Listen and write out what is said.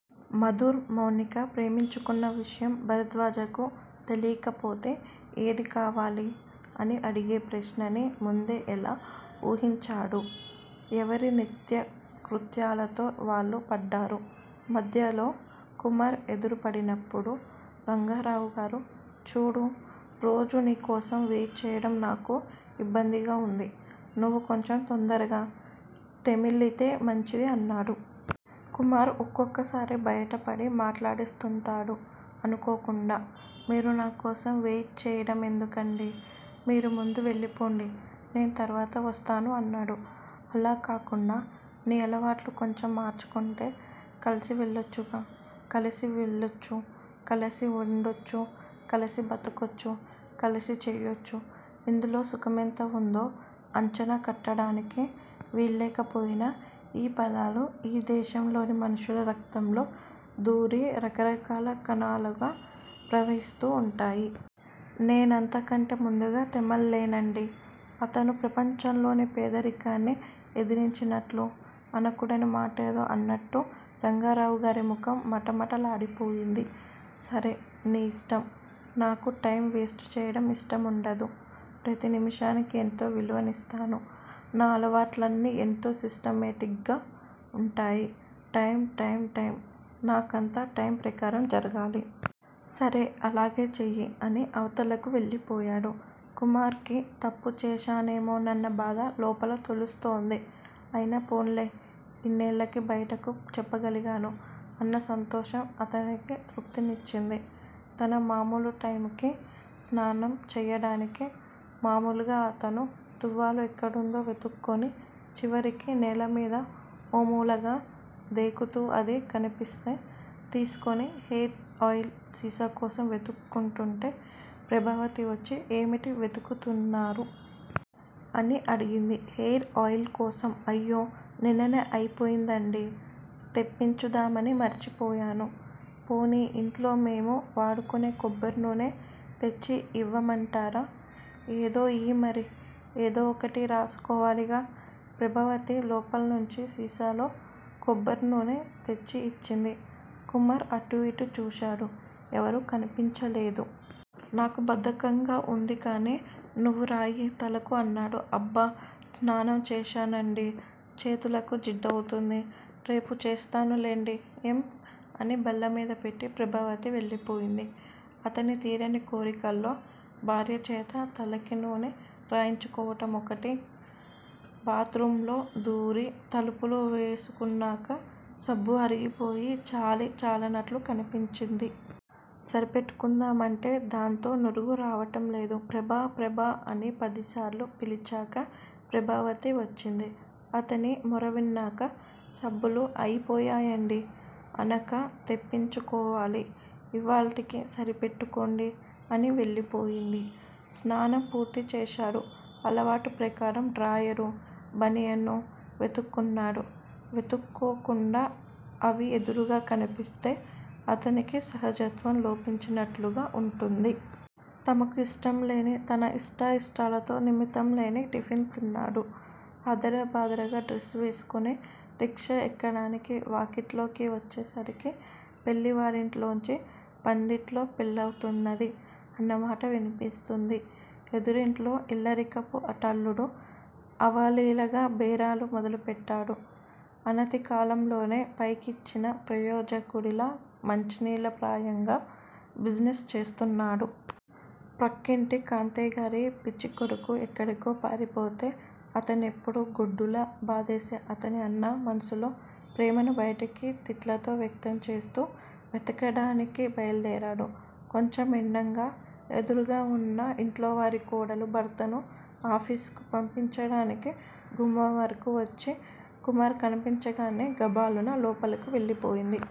మాధుర్, మౌనిక ప్రేమించుకున్న విషయం భరద్వాజకు తెలీకపోతే ఏది కావాలి అని అడిగే ప్రశ్నని ముందే ఎలా వూహించాడు। ఎవరి నిత్యకృత్యాలతో వాళ్ళు పడ్డారు. మధ్యలో కుమార్ ఎదురుపడినప్పుడు రంగారావుగారు చూడూ! రోజూ నీకోసం వెయిట్ చేయటం నాకు ఇబ్బందిగా వుంది. నువ్వు కొంచెం తొందరగా తెమిలితే మంచిది అన్నాడు. కుమార్ ఒక్కొక్కసారి బయటపడి మాట్లాడేస్తుంటాడు అనుకోకుండా. 'మీరు నాకోసం వెయిట్ చేయడమెందుకండీ? మీరు ముందు వెళ్ళిపొండి, నేను తరువాత వస్తాను' అన్నాడు. అలా కాకుండా నీ అలవాట్లు కొంచెం మార్చుకుంటే కలిసి వెళ్ళొచ్చుగా? కలిసి వెళ్ళొచ్చు, కలిసి వుండొచ్చు, కలిసి బతకొచ్చు, కలిసి చెయొచ్చు ఇందులో సుఖమెంత వుందో అంచనా కట్టటానికి వీల్లేకపోయినా ఈ పదాలు ఈ దేశంలోని మనుషుల రక్తంలో దూరి రకరకాల కణాలుగా ప్రవహిస్తూ వుంటాయి. నేనంతకంటే ముందుగా తెమల్లేనండీ. అతను ప్రపంచంలోని పెద్దరికాన్ని ఎదిరించినట్లు, అనకూడని మాటేదో అన్నట్లు రంగారావుగారి ముఖం మటమటలాడిపోయింది. సరే, నీఇష్టం. నాకు టైం వేస్టుచేయటం ఇష్టంవుండదు. ప్రతి నిముషానికీ ఎంతో విలువనిస్తాను. నా అలవాట్లన్నీ ఎంతో సిస్టమేటిక్ గా వుంటాయి. Time time time! నాకంతా టైమ్ ప్రకారం జరగాలి. సరే అలాగే చెయ్యి అని అవతలకు వెళ్ళిపోయాడు. కుమార్ కి తప్పు చేశానేమోనన్న బాధ లోపల తొలుస్తుంది. అయినా పోన్లే, ఇన్నేళ్ళకి బయటకు చెప్పగలిగాను అన్న సంతోషం అతనికి తృప్తినిచ్చింది. తన మామూలుటైముకి స్నానం చేయటానికి మామూలుగా అతను తువ్వాలు ఎక్కడుందో వెతుక్కుని, చివరికి నేలమీద ఓమూలగా దేకుతూ అది కనిపిస్తే తీసుకుని, హెయిర్ ఆయిల్ సీసాకోసం వెతుక్కుంటుంటే ప్రభావతి వచ్చి ఏమిటి వెదుకుతున్నారు? అని అడిగింది. హెయిర్ ఆయిల్ కోసం అయ్యో! నిన్ననే అయిపోయిందండీ. తెప్పించుదామని మరిచిపోయాను. పోనీ ఇంట్లో మేము వాడుకునే కొబ్బరినూనె తెచ్చి ఇవ్వమంటారా? ఏదో ఇయ్యి మరి. ఏదో ఒకటి రాసుకోవాలిగా! ప్రభావతి లోపల్నుంచి సీసాలో కొబ్బరినూనె తెచ్చిఇచ్చింది. కుమార్ అటూఇటూ చూశాడు. ఎవరూ కనిపించలేదు. నాకు బద్దకంగా వుందికానీ, నువ్వు రాయి తలకు అన్నాడు. అబ్బ! స్నానం చేశానండీ. చేతులకు జిడ్డవుతుంది. రేపు రాస్తానులెండి. ఏం? అని బల్లమీద పెట్టి ప్రభావతి వెళ్ళిపోయింది. అతని తీరని కోరికల్లో భార్యచేత తలకి నూనె రాయించుకోవటమొకటి. బాత్ రూం లో దూరి తలుపులు వేసుకున్నాక సబ్బు అరిగిపోయి చాలీ చాలనట్లు కనిపించింది. సరిపెట్టుకుందామంటే దాంతో నురుగు రావటంలేదు. ప్రభా! ప్రభా! అని పదిసార్లు పిలిచాక ప్రభావతి వచ్చింది. అతని మొరవిన్నాక సబ్బులు అయిపోయాయండీ. ఆనక తెప్పించుకోవాలి. ఇవాల్టికి సరిపెట్టుకోండి అని వెళ్ళిపోయింది. స్నానం పూర్తిచేశాడు. అలవాటు ప్రకారం డ్రాయరు, బనియను వెతుక్కున్నాడు. వెతుక్కోకుండా అవి ఎదురుగా కనిపిస్తే అతనికి సహజత్వం లోపించినట్లుగా వుంటుంది. తనకు ఇష్టంలేని, తన ఇష్టాఇష్టాలతో నిమిత్తం లేని టిఫిన్ తిన్నాడు. ఆదరాబాదరగా డ్రెస్ చేసుకుని రిక్షా ఎక్కడానికి, వాకిట్లోకి వచ్చేసరికి పెళ్ళి వారింట్లోంచి 'పందిట్లో పెళ్లవుతున్నది' అన్నపాట వినిపిస్తుంది. ఎదురింట్లో ఇల్లరికపుటల్లుడు అవలీలగా బేరాలు మొదలుపెట్టాడు. అనతికాలంలోనే పైకిచ్చిన ప్రయోజకుడిలా మంచినీళ్ళ ప్రాయంగా బిజినెస్ చేస్తున్నాడు. ప్రక్కింటి కాంతయ్యగారి పిచ్చికొడుకు ఎక్కడికో పారిపోతే అతన్నెప్పుడూ గొడ్డులా బాదేసే అతని అన్న మనసులో ప్రేమను బయటికి తిట్లతో వ్యక్తంచేస్తూ వెతకడానికి బయల్దేరాడు. కొంచెం ఎడంగా, ఎదురుగా వున్న ఇంట్లోవారి కోడలు భర్తను ఆఫీసుకు పంపించటానికి గుమ్మంవరకూ వచ్చి కుమార్ కనిపించగానే గభాలున లోపలకు వెళ్ళిపోయింది.